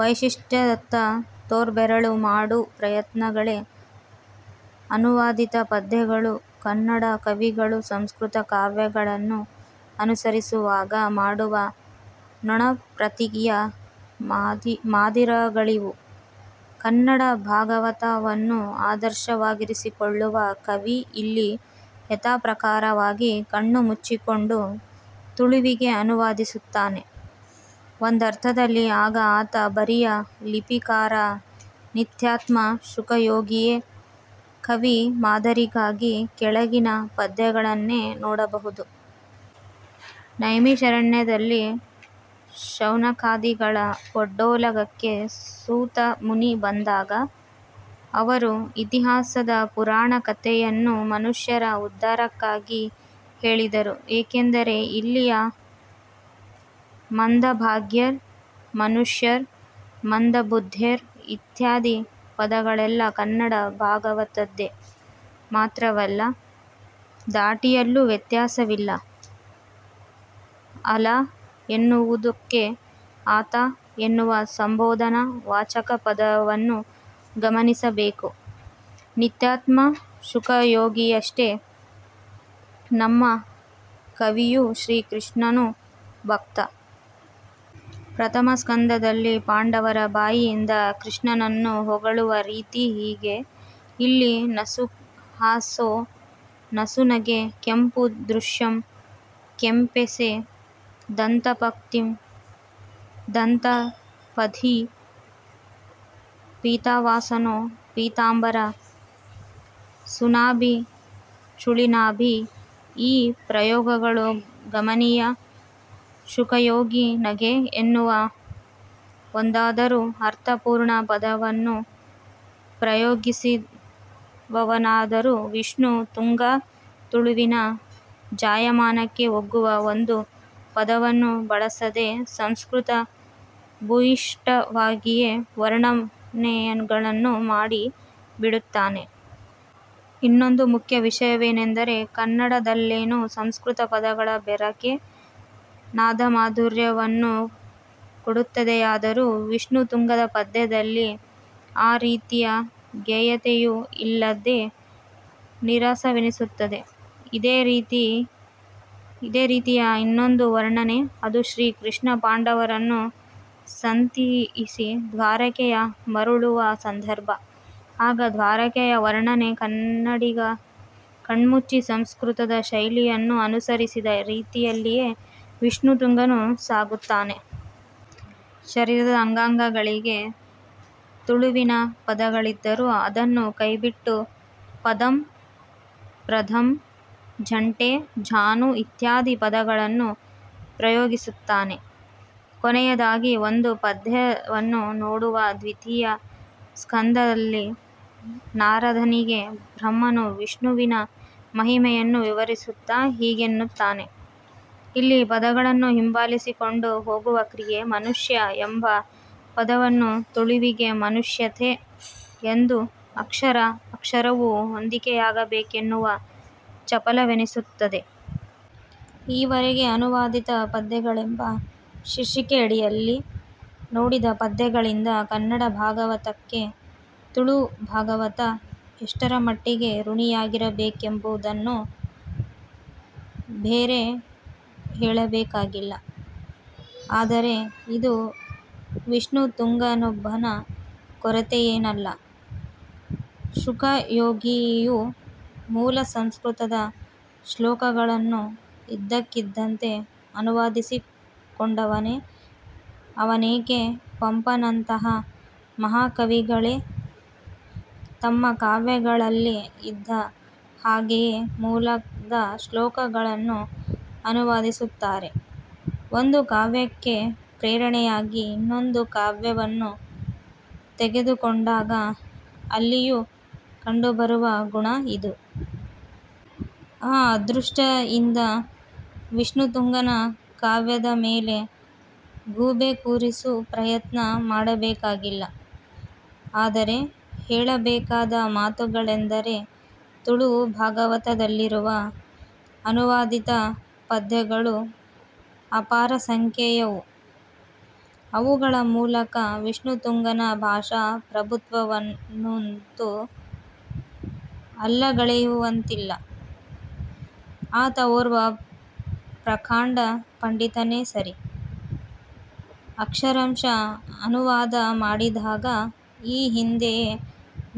ವೈಶಿಷ್ಟ್ಯದತ್ತ ತೋರ್ಬೆರಳು ಮಾಡು ಪ್ರಯತ್ನಗಳೇ. ಅನುವಾದಿತ ಪದ್ಯಗಳು ಕನ್ನಡ ಕವಿಗಳು ಸಂಸ್ಕೃತ ಕಾವ್ಯಗಳನ್ನು ಅನುಸರಿಸುವಾಗ ಮಾಡುವ 'ನೊಣಪ್ರತಿಯ' ಮಾದಿರಗಳಿವು. ಕನ್ನಡ ಭಾಗವತವನ್ನು ಆದರ್ಶವಾಗಿರಿಸಿಕೊಳ್ಳುವ ಕವಿ ಇಲ್ಲಿ ಯಥಾಪ್ರಕಾರವಾಗಿ ಕಣ್ಣು ಮುಚ್ಚಿಕೊಂಡು ತುಳುವಿಗೆ ಅನುವಾದಿಸುತ್ತಾನೆ. ಒಂದರ್ಥದಲ್ಲಿ ಆಗ ಆತ ಬರಿಯ 'ಲಿಪಿಕಾರ' 'ನಿತ್ಯಾತ್ಮ ಶುಕಯೋಗಿಯೇ' ಕವಿ ಮಾದರಿಗಾಗಿ ಕೆಳಗಿನ ಪದ್ಯಗಳನ್ನೇ ನೋಡಬಹುದು. ನೈಮಿಷಾರಣ್ಯದಲ್ಲಿ ಶೌನಕಾದಿಗಳ ಒಡ್ಡೋಲಗಕ್ಕೆ ಸೂತ ಮುನಿ ಬಂದಾಗ ಅವರು ಇತಿಹಾಸದ ಪುರಾಣ ಕಥೆಯನ್ನು ಮನುಷ್ಯರ ಉದ್ದಾರಕ್ಕಾಗಿ ಹೇಳಿದರು ಏಕೆಂದರೆ ಇಲ್ಲಿಯ 'ಮಂದಭಾಗ್ಯೆರ್' ಮನುಷ್ಯೆರ್ ಮಂದಬುದ್ಧೆರ್ ಇತ್ಯಾದಿ ಪದಗಳೆಲ್ಲ ಕನ್ನಡ ಭಾಗವತದ್ದೇ. ಮಾತ್ರವಲ್ಲ. ಧಾಟಿಯಲ್ಲೂ ವ್ಯತ್ಯಾಸವಿಲ್ಲ. 'ಅಲಾ' ಎನ್ನುವುದಕ್ಕೆ'ಅತಾ ಎನ್ನುವ ಸಂಭೋದನಾ ವಾಚಕಪದವನ್ನು ಗಮನಿಸಬೇಕು. ನಿತ್ಯಾತ್ಮ ಶುಕಯೋಗಿಯಷ್ಟೆ ನಮ್ಮ ಕವಿಯು ಶ್ರೀ ಕೃಷ್ಣನು ಭಕ್ತ. ಪ್ರಥಮ ಸ್ಕಂಧದಲ್ಲಿ ಪಾಂಡವರ ಬಾಯಿಯಿಂದ ಕೃಷ್ಣನನ್ನು ಹೊಗಳುವ ರೀತಿ ಹೀಗೆ: ಇಲ್ಲಿ ನಸುಹಾಸೊ ನಸುನಗೆ, ಕೆಂಪು ದೃಶಂ ಕೆಂಪೆಸೆ, ದಂತಪಂಕ್ತಿ ದಂತ ಪಂಥೀ, ಪೀತಾವಸನೊ ಪೀತಾಂಬರ, ಸುನಾಭಿ ಚುಳಿನಾಭಿ ಈ ಪ್ರಯೋಗಗಳು ಗಮನೀಯ ಶುಕಯೋಗಿ ನಗೆ ಎನ್ನುವ ಒಂದಾದರೂ ಅರ್ಥಪೂರ್ಣ ಪದವನ್ನು ಪ್ರಯೋಗಿಸಿರುವವನಾದರೂ ವಿಷ್ಣು ತುಂಗ ತುಳುವಿನ ಜಾಯಮಾನಕ್ಕೆ ಒಗ್ಗುವ ಒಂದು ಪದವನ್ನೂ ಬಳಸದೆ ಸಂಸ್ಕೃತ ಭೂಯಿಷ್ಠವಾಗಿಯೇ ವರ್ಣನೆಗಳನ್ನು ಮಾಡಿ ಬಿಡುತ್ತಾನೆ. ಇನ್ನೊಂದು ಮುಖ್ಯ ವಿಷಯವೆನೆಂದರೆ ಕನ್ನಡದಲ್ಲೇನೂ ಸಂಸ್ಕೃತ ಪದಗಳ ಬೆರಕೆ ನಾದಮಾಧುರ್ಯವನ್ನು ಕೊಡುತ್ತದೆಯಾದರೂ ವಿಷ್ಣುತುಂಗನ ಪದ್ಯದಲ್ಲಿ ಆ ರೀತಿಯ ಗೇಯತೆಯೂ ಇಲ್ಲದೆ ನೀರಸವೆನಿಸುತ್ತದೆ. ಇದೇ ರೀತಿಯ ಇನ್ನೊಂದು ವರ್ಣನೆ, ಅದು ಶ್ರೀ ಕೃಷ್ಣ ಪಾಂಡವರನ್ನು ಸಂತಿಯಿಸಿ ದ್ವಾರಕೆಗೆ ಮರುಳುವ ಸಂದರ್ಭ. ಆಗ ದ್ವಾರಕೆಯ ವರ್ಣನೆ ಕನ್ನಡಿಗ ಕಣ್ಮುಚ್ಚಿ ಸಂಸ್ಕೃತದ ಶೈಲಿಯನ್ನು ಅನುಸರಿಸಿದ ರೀತಿಯಲ್ಲಿಯೇ ವಿಷ್ಣುತುಂಗನೂ ಸಾಗುತ್ತಾನೆ. ಶರೀರದ ಅಂಗಾಂಗಗಳಿಗೆ ತುಳುವಿನ ಪದಗಳಿದ್ದರೂ ಅದನ್ನು ಕೈಬಿಟ್ಟು ಪದಂ, ಪ್ರಪದಂ, ಜಂಘೆ, ಜಾನು ಇತ್ಯಾದಿ ಪದಗಳನ್ನು ಪ್ರಯೋಗಿಸುತ್ತಾನೆ. ಕೊನೆಯದಾಗಿ ಒಂದು ಪದ್ಯವನ್ನು ನೋಡುವ ದ್ವಿತೀಯ ಸ್ಕಂಧಲ್ಲಿ ನಾರದನಿಗೆ ಬ್ರಹ್ಮನು ವಿಷ್ಣುವಿನ ಮಹಿಮೆಯನ್ನು ವಿವರಿಸುತ್ತಾ ಹೀಗೆನ್ನುತ್ತಾನೆ. ಇಲ್ಲಿ ಪದಗಳನ್ನು ಹಿಂಬಾಲಿಸಿಕೊಂಡು ಹೋಗುವ ಕ್ರಿಯೆ, 'ಮಾನುಷ್ಯ ಎಂಬ ಪದವನ್ನು ತುಳುವಿಗೆ 'ಮನುಷ್ಯತೆ' ಎಂದು, ಅಕ್ಷರ ಅಕ್ಷರವೂ ಹೊಂದಿಕೆಯಾಗಬೇಕೆನ್ನುವ ಚಪಲವೆನಿಸುತ್ತದೆ. ಈವರೆಗೆ ಅನುವಾದಿತ ಪದ್ಯಗಳೆಂಬ ಶೀರ್ಷಿಕೆಯಡಿಯಲ್ಲಿ ನೋಡಿದ ಪದ್ಯಗಳಿಂದ 'ಕನ್ನಡ ಭಾಗವತಕ್ಕೆ' ತುಳು ಭಾಗವತ' ಎಷ್ಟರಮಟ್ಟಿಗೆ ಋಣಿಯಾಗಿರಬೇಕೆಂಬುದನ್ನು ಬೇರೆ ಹೇಳಬೇಕಾಗಿಲ್ಲ. ಆದರೆ ಇದು ವಿಷ್ಣುತುಂಗನೊಬ್ಬನ ಕೊರತೆಯೇನಲ್ಲ. ಶುಕಯೋಗಿಯೂ ಮೂಲಸಂಸ್ಕೃತದ ಶ್ಲೋಕಗಳನ್ನು ಇದ್ದಕ್ಕಿದ್ದಂತೆ ಅನುವಾದಿಸಿಕೊಂಡವನೇ ಅವನೇಕೆ ಪಂಪನಂತಹ ಮಹಾಕವಿಗಳೇ ತಮ್ಮಕಾವ್ಯಗಳಲ್ಲಿ ಇದ್ದ ಹಾಗೆಯೇ ಮೂಲದ ಶ್ಲೋಕಗಳನ್ನು ಅನುವಾದಿಸುತ್ತಾರೆ. ಒಂದು ಕಾವ್ಯಕ್ಕೆ ಪ್ರೇರಣೆಯಾಗಿ ಇನ್ನೊಂದು ಕಾವ್ಯವನ್ನು ತೆಗೆದುಕೊಂಡಾಗ ಅಲ್ಲಿಯೂ ಕಂಡುಬರುವ ಗುಣ ಇದು. ಆ ದೃಷ್ಟಿಯಿಂದ ವಿಷ್ಣುತುಂಗನ ಕಾವ್ಯದ ಮೇಲೆ ಗೂಬೆ ಕೂರಿಸು ಪ್ರಯತ್ನ ಮಾಡಬೇಕಾಗಿಲ್ಲ. ಆದರೆ ಹೇಳಬೇಕಾದ ಮಾತುಗಳೆಂದರೆ ತುಳು ಭಾಗವತದಲ್ಲಿರುವ ಅನುವಾದಿತ ಪದ್ಯಗಳು ಅಪಾರ ಸಂಖ್ಯೆಯವು. ಅವುಗಳ ಮೂಲಕ ವಿಷ್ಣುತುಂಗನ ಭಾಷಾ ಪ್ರಭುತ್ವವನ್ನಂತೂ ಅಲ್ಲಗಳೆಯುವಂತಿಲ್ಲ. ಆತ ಓರ್ವ ಪ್ರಕಾಂಡ ಪಂಡಿತನೇ ಸರಿ. ಅಕ್ಷರಶಃ ಅನುವಾದ ಮಾಡಿದಾಗ ಈ ಹಿಂದೆಯೇ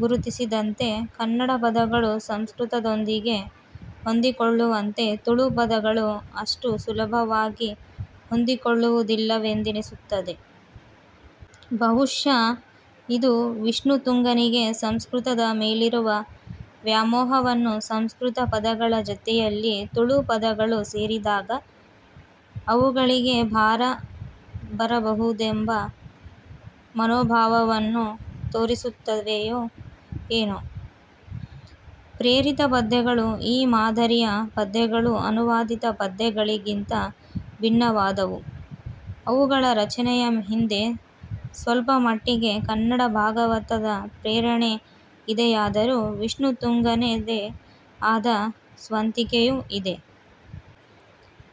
ಗುರುತಿಸಿದಂತೆ, ಕನ್ನಡ ಪದಗಳು ಸಂಸ್ಕೃತದೊಂದಿಗೆ ಹೊಂದಿಕೊಳ್ಳುವಂತೆ ತುಳು ಪದಗಳು ಅಷ್ಟು ಸುಲಭವಾಗಿ ಹೊಂದಿಕೊಳ್ಳುವುದಿಲ್ಲವೆಂದೆನಿಸುತ್ತದೆ. ಬಹುಶಃ ಇದು ವಿಷ್ಣು ತುಂಗನಿಗೆ ಸಂಸ್ಕೃತದ ಮೇಲಿರುವ ವ್ಯಾಮೋಹವನ್ನು ಸಂಸ್ಕೃತ ಪದಗಳ ಜತೆಯಲ್ಲಿ ತುಳು ಪದಗಳು ಸೇರಿದಾಗ ಅವುಗಳಿಗೆ ಭಾರ ಬರಬಹುದೆಂಬ ಮನೋಭಾವವನ್ನೂ ತೋರಿಸುತ್ತವೆಯೋ ಏನೋ. ಪ್ರೇರಿತ ಪದ್ಯಗಳು: ಈ ಮಾದಿರಿಯ ಪದ್ಯಗಳು ಅನುವಾದಿತ ಪದ್ಯಗಳಿಗಿಂತ ಭಿನ್ನವಾದವು. ಇವುಗಳ ರಚನೆಯ ಹಿಂದೆ ಸ್ವಲ್ಪಮಟ್ಟಿಗೆ ಕನ್ನಡ ಭಾಗವತದ ಪ್ರೇರಣೆ ಇದೆಯಾದರೂ ವಿಷ್ಣುತುಂಗನದೇ ಆದ ಸ್ವಂತಿಕೆಯೂ ಇದೆ.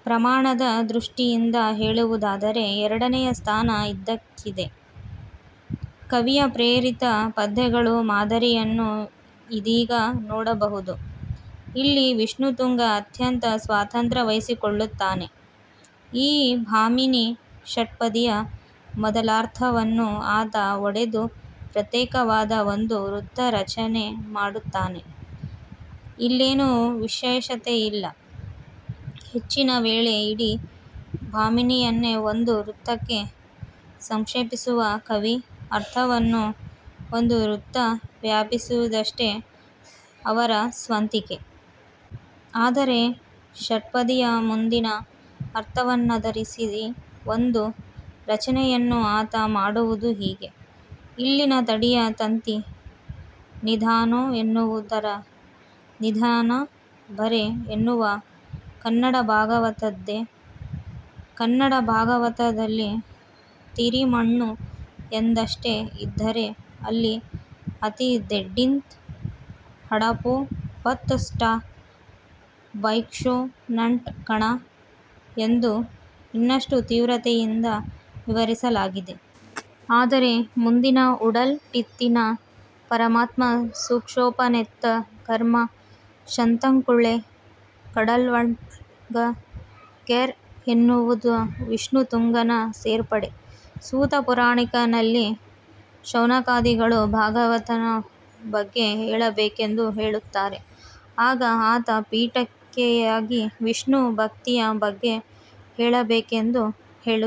ಪ್ರಮಾಣದ ದೃಷ್ಟಿಯಿಂದ ಹೇಳುವುದಾದರೆ ಎರಡನೆಯ ಸ್ಥಾನ ಇದಕ್ಕಿದೆ. ಕವಿಯ ಪ್ರೇರಿತ ಪದ್ಯಗಳು ಮಾದರಿಯನ್ನು ಇದೀಗ ನೋಡಬಹುದು. ಇಲ್ಲಿ ವಿಷ್ಣುತುಂಗ ಅತ್ಯಂತ ಸ್ವಾತಂತ್ರ್ಯ ವಹಿಸಿಕೊಳ್ಳುತ್ತಾನೆ. ಈ ಭಾಮಿನೀ ಷಟ್ಪದಿಯ ಮೊದಲರ್ಧವನ್ನು ಆತ ಒಡೆದು ಪ್ರತ್ಯೇಕವಾದ ಒಂದು ವೃತ್ತರಚನೆ ಮಾಡುತ್ತಾನೆ. ಇಲ್ಲೇನು ವಿಶೇಷತೆಯಿಲ್ಲ. ಹೆಚ್ಚಿನ ವೇಳೆ ಇಡೀ ಭಾಮಿನಿಯನ್ನೇ ಒಂದು ವೃತ್ತಕ್ಕೆ ಸಂಕ್ಷೇಪಿಸುವ ಕವಿ, ಅರ್ಧವನ್ನು ಒಂದು ವೃತ್ತ ವ್ಯಾಪಿಸಿದಷ್ಟೇ ಅವರ ಸ್ವಂತಿಕೆ. ಆದರೆ ಷಟ್ಪದಿಯ ಮುಂದಿನ ಅರ್ಥವನ್ನಾಧರಿಸಿ ಒಂದು ರಚನೆಯನ್ನು ಆತ ಮಾಡುವುದು ಹೀಗೆ: ಇಲ್ಲಿನ ತಡಿಯ ತಂತಿ ನಿಧಾನೊ ಎನ್ನುವುದ ನಿಧನ ಬರೆ ಎನ್ನುವ ಕನ್ನಡ ಭಾಗವತದ್ದೇ. ಕನ್ನಡ ಭಾಗವತದಲ್ಲಿ ತಿರಿಮಣ್ಣು ಎಂದಷ್ಟೇ ಇದ್ದರೆ ಇಲ್ಲಿ ಅತಿದೆಂಡಿತ್ ಹಡಪೊ ಪತ್ತ್ ಸ್ಟ್ 'ಭೈಕ್ಷೊ ನಟ್ಟ್ ಕಣ' ಎಂದು ಇನ್ನಷ್ಟು ತೀವ್ರತೆಯಿಂದು ವಿವರಿಸಲಾಗಿದೆ. ಆದರೆ ಮುಂದಿನ 'ಉಡಲ್ ಟಿತ್ತಿನ ಪರಾತ್ಮ ಸೂಕ್ಷಿಪನೆತ್ತ್ ಕರ್ಮ ಶತಂಕುಳೇ ಕಡಲ್ಟಂಳ್ಗ್ ಕೆರ್' ಎನ್ನುವುದ ವಿಷ್ಣುತುಂಗನ ಸೇರ್ಪಡೆ. ಸೂತ ಪುರಾಣಿಕನಲ್ಲಿ ಶೌನಕಾದಿಗಳು ಭಾಗವತನ ಬಗ್ಗೆ ಹೇಳಬೇಕೆಂದು ಕೇಳುತ್ತಾರೆ. ಆಗ ಅತ ಪೀಠಿಕೆಯಾಗಿ ವಿಷ್ಣುಭಕ್ತಿಯ ಬಗ್ಗೆ ಹೇಳಬೇಕೆಂದು ಕೇಳುತ್ತಾರೆ.